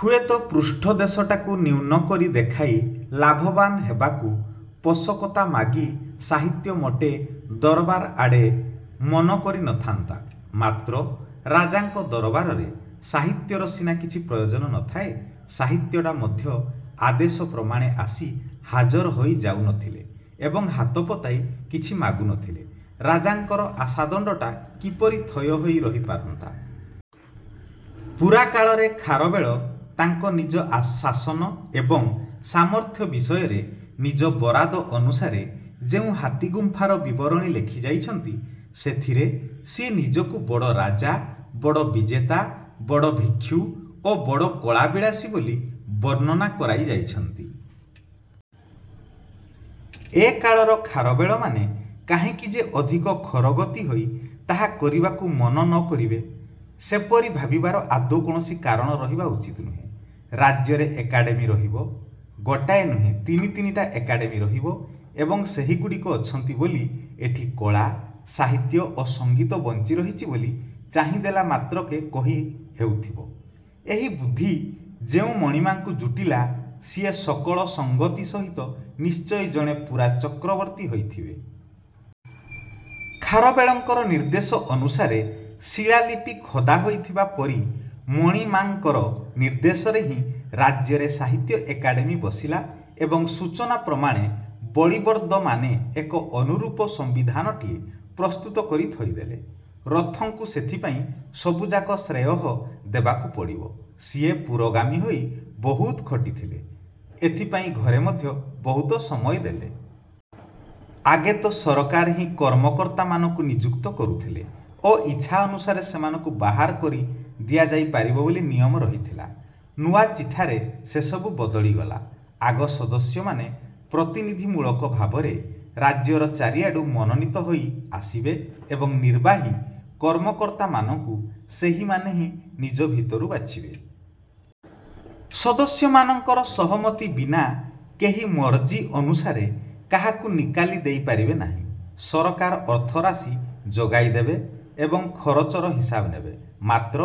ହୁଏତ ପୃଷ୍ଠଦେଶଟାକୁ ନ୍ୟୁନ କରି ଦେଖାଇ ଲାଭବାନ୍ ହେବାକୁ ପୋଷକତା ମାଗି ସାହିତ୍ୟ ମୋଟେ ଦରବାର ଆଡ଼େ ମନ କରିନଥାନ୍ତା। ମାତ୍ର, ରାଜାଙ୍କ ଦରବାରରେ ସାହିତ୍ୟର ସିନା କିଛି ପ୍ରୟୋଜନ ନଥାଏ, ସାହିତ୍ୟଟା ମଧ୍ୟ ଆଦେଶ ପ୍ରମାଣେ ଆସି ହାଜର ହୋଇ ଯାଉନଥିଲେ ଏବଂ ହାତ ପତାଇ କିଛି ମାଗୁନଥିଲେ ରାଜାଙ୍କର ଆଶାଦଣ୍ଡଟା କିପରି ଥୟ ହୋଇ ରହିପାରନ୍ତା? ପୁରା କାଳରେ ଖାରବେଳ ତାଙ୍କ ନିଜ ଶାସନ ଏବଂ ସାମର୍ଥ୍ୟ ବିଷୟରେ ନିଜ ବରାଦ ଅନୁସାରେ ଯେଉଁ ହାତୀଗୁମ୍ଫାର ବିବରଣୀ ଲେଖି ଯାଇଛନ୍ତି, ସେଥିରେ ସିଏ ନିଜକୁ ବଡ଼ ରାଜା, ବଡ଼ ବିଜେତା, ବଡ଼ ଭିକ୍ଷୁ ଓ ବଡ଼ କଳାବିଳାସୀ ବୋଲି ବର୍ଣ୍ଣନା କରାଇ ଯାଇଛନ୍ତି। ଏକାଳର ଖାରବେଳମାନେ କାହିଁକି ଯେ ଅଧିକ ଖରଗତି ହୋଇ ତାହା କରିବାକୁ ମନ ନକରିବେ, ସେପରି ଭାବିବାର ଆଦୌ କୌଣସି କାରଣ ରହିବା ଉଚିତ ନୁହେଁ। ରାଜ୍ୟରେ ଏକାଡ଼େମୀ ରହିବ; ଗୋଟାଏ ନୁହେଁ, ତିନିତିନିଟା ଏକାଡ଼େମୀ ରହିବ ଏବଂ ସେହିଗୁଡ଼ିକ ଅଛନ୍ତି ବୋଲି ଏଠି କଳା, ସାହିତ୍ୟ ଓ ସଂଗୀତ ବଂଚି ରହିଛି ବୋଲି ଚାହିଁଦେଲା ମାତ୍ରକେ କହି ହେଉଥିବ, ଏହି ବୁଦ୍ଧି ଯେଉଁ ମଣିମାଙ୍କୁ ଜୁଟିଲା, ସିଏ ସକଳ ସଙ୍ଗତି ସହିତ ନିଶ୍ଚୟ ଜଣେ ପୂରା ଚକ୍ରବର୍ତ୍ତୀ ହୋଇଥିବେ। ଖାରବେଳଙ୍କର ନିର୍ଦ୍ଦେଶ ଅନୁସାରେ ଶିଳାଲିପି ଖୋଦା ହୋଇଥିବା ପରି ମଣିମାଙ୍କର ନିର୍ଦ୍ଦେଶରେ ହିଁ ରାଜ୍ୟରେ ସାହିତ୍ୟ ଏକାଡ଼େମୀ ବସିଲା ଏବଂ ସୂଚନା ପ୍ରମାଣେ ବଳିବର୍ଦ୍ଦମାନେ ଏକ ଅନୁରୂପ ସଂବିଧାନଟିଏ ପ୍ରସ୍ତୁତ କରି ଥୋଇଦେଲେ। ରଥଙ୍କୁ ସେଥିପାଇଁ ସବୁଯାକ ଶ୍ରେୟଃ ଦେବାକୁ ପଡ଼ିବ। ସିଏ ପୁରୋଗାମୀ ହୋଇ ବହୁତ ଖଟିଥିଲେ, ଏଥିପାଇଁ ଘରେ ମଧ୍ୟ ବହୁତ ସମୟ ଦେଲେ। ଆଗେ ତ ସରକାର ହିଁ କର୍ମକର୍ତ୍ତାମାନଙ୍କୁ ନିଯୁକ୍ତ କରୁଥିଲେ ଓ ଇଚ୍ଛା ଅନୁସାରେ ସେମାନଙ୍କୁ ବାହାର କରି ଦିଆଯାଇପାରିବ ବୋଲି ନିୟମ ରହିଥିଲା। ନୂଆ ଚିଠାରେ ସେସବୁ ବଦଳିଗଲା। ଆଗ ସଦସ୍ୟମାନେ ପ୍ରତିନିଧିମୂଳକ ଭାବରେ ରାଜ୍ୟର ଚାରିଆଡୁ ମନୋନୀତ ହୋଇଆସିବେ ଏବଂ ନିର୍ବାହୀ କର୍ମକର୍ତ୍ତାମାନଙ୍କୁ ସେହିମାନେ ହିଁ ନିଜ ଭିତରୁ ବାଛିବେ। ସଦସ୍ୟମାନଙ୍କର ସହମତି ବିନା କେହି ମରଜୀ ଅନୁସାରେ କାହାକୁ ନିକାଲି ଦେଇପାରିବେ ନାହିଁ। ସରକାର ଅର୍ଥ-ରାଶି ଯୋଗାଇଦେବେ ଏବଂ ଖରଚର ହିସାବ ନେବେ। ମାତ୍ର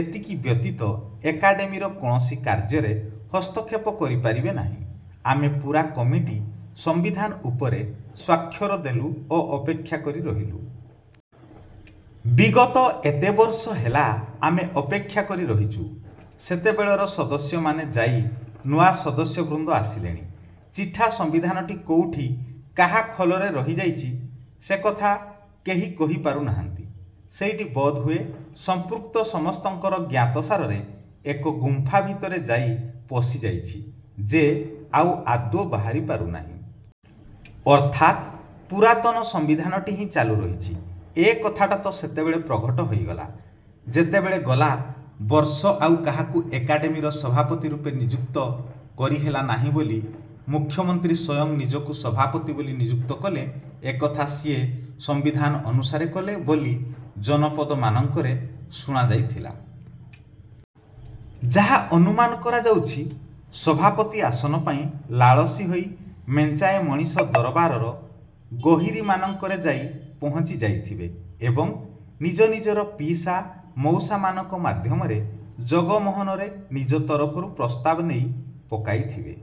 ଏତିକି ବ୍ୟତୀତ ଏକାଡ଼େମୀର କୌଣସି କାର୍ଯ୍ୟରେ ହସ୍ତକ୍ଷେପ କରିପାରିବେ ନାହିଁ। ଆମେ ପୂରା କମିଟି ସଂବିଧାନ ଉପରେ ସ୍ୱାକ୍ଷର ଦେଲୁ ଓ ଅପେକ୍ଷା କରି ରହିଲୁ। ବିଗତ ଏତେ ବର୍ଷ ହେଲା ଆମେ ଅପେକ୍ଷା କରି ରହିଛୁ। ସେତେବେଳର ସଦସ୍ୟମାନେ ଯାଇ ନୂଆ ସଦସ୍ୟବୃନ୍ଦ ଆସିଲେଣି। ଚିଠା ସମ୍ବିଧାନଟି କୋଉଠି କାହା ଖୋଲରେ ରହିଯାଇଛି, ସେକଥା କେହି କହି ପାରୁନାହାନ୍ତି। ସେଇଟି ବୋଧହୁଏ ସଂପୃକ୍ତ ସମସ୍ତଙ୍କର ଜ୍ଞାତସାରରେ ଏକ ଗୁମ୍ଫା ଭିତରେ ଯାଇ ପଶିଯାଇଛି ଯେ ଆଉ ଆଦୌ ବାହାରିପାରୁନାହିଁ। ଅର୍ଥାତ୍ ପୁରାତନ ସମ୍ବିଧାନଟି ହିଁ ଚାଲୁ ରହିଛି। ଏକଥାଟା ତ ସେତେବେଳେ ପ୍ରଘଟ ହୋଇଗଲା, ଯେତେବେଳେ ଗଲା ବର୍ଷ ଆଉ କାହାକୁ ଏକାଡ଼େମୀର ସଭାପତି ରୂପେ ନିଯୁକ୍ତ କରିହେଲା ନାହିଁ ବୋଲି ମୁଖ୍ୟମନ୍ତ୍ରୀ ସ୍ୱୟଂ ନିଜକୁ ସଭାପତି ବୋଲି ନିଯୁକ୍ତ କଲେ। ଏକଥା ସିଏ ସମ୍ବିଧାନ ଅନୁସାରେ କଲେ ବୋଲି ଜନପଦମାନଙ୍କରେ ଶୁଣାଯାଇଥିଲା। ଯାହା ଅନୁମାନ କରାଯାଉଛି, ସଭାପତି ଆସନ ପାଇଁ ଲାଳସୀ ହୋଇ ମେଞ୍ଚାଏ ମଣିଷ ଦରବାରର ଗୋହିରୀମାନଙ୍କରେ ଯାଇ ପହଞ୍ଚି ଯାଇଥିବେ ଏବଂ ନିଜ ନିଜର ପିଇସା ମଉସାମାନଙ୍କ ମାଧ୍ୟମରେ ଜଗମୋହନରେ ନିଜ ତରଫରୁ ପ୍ରସ୍ତାବ ନେଇ ପକାଇଥବେ।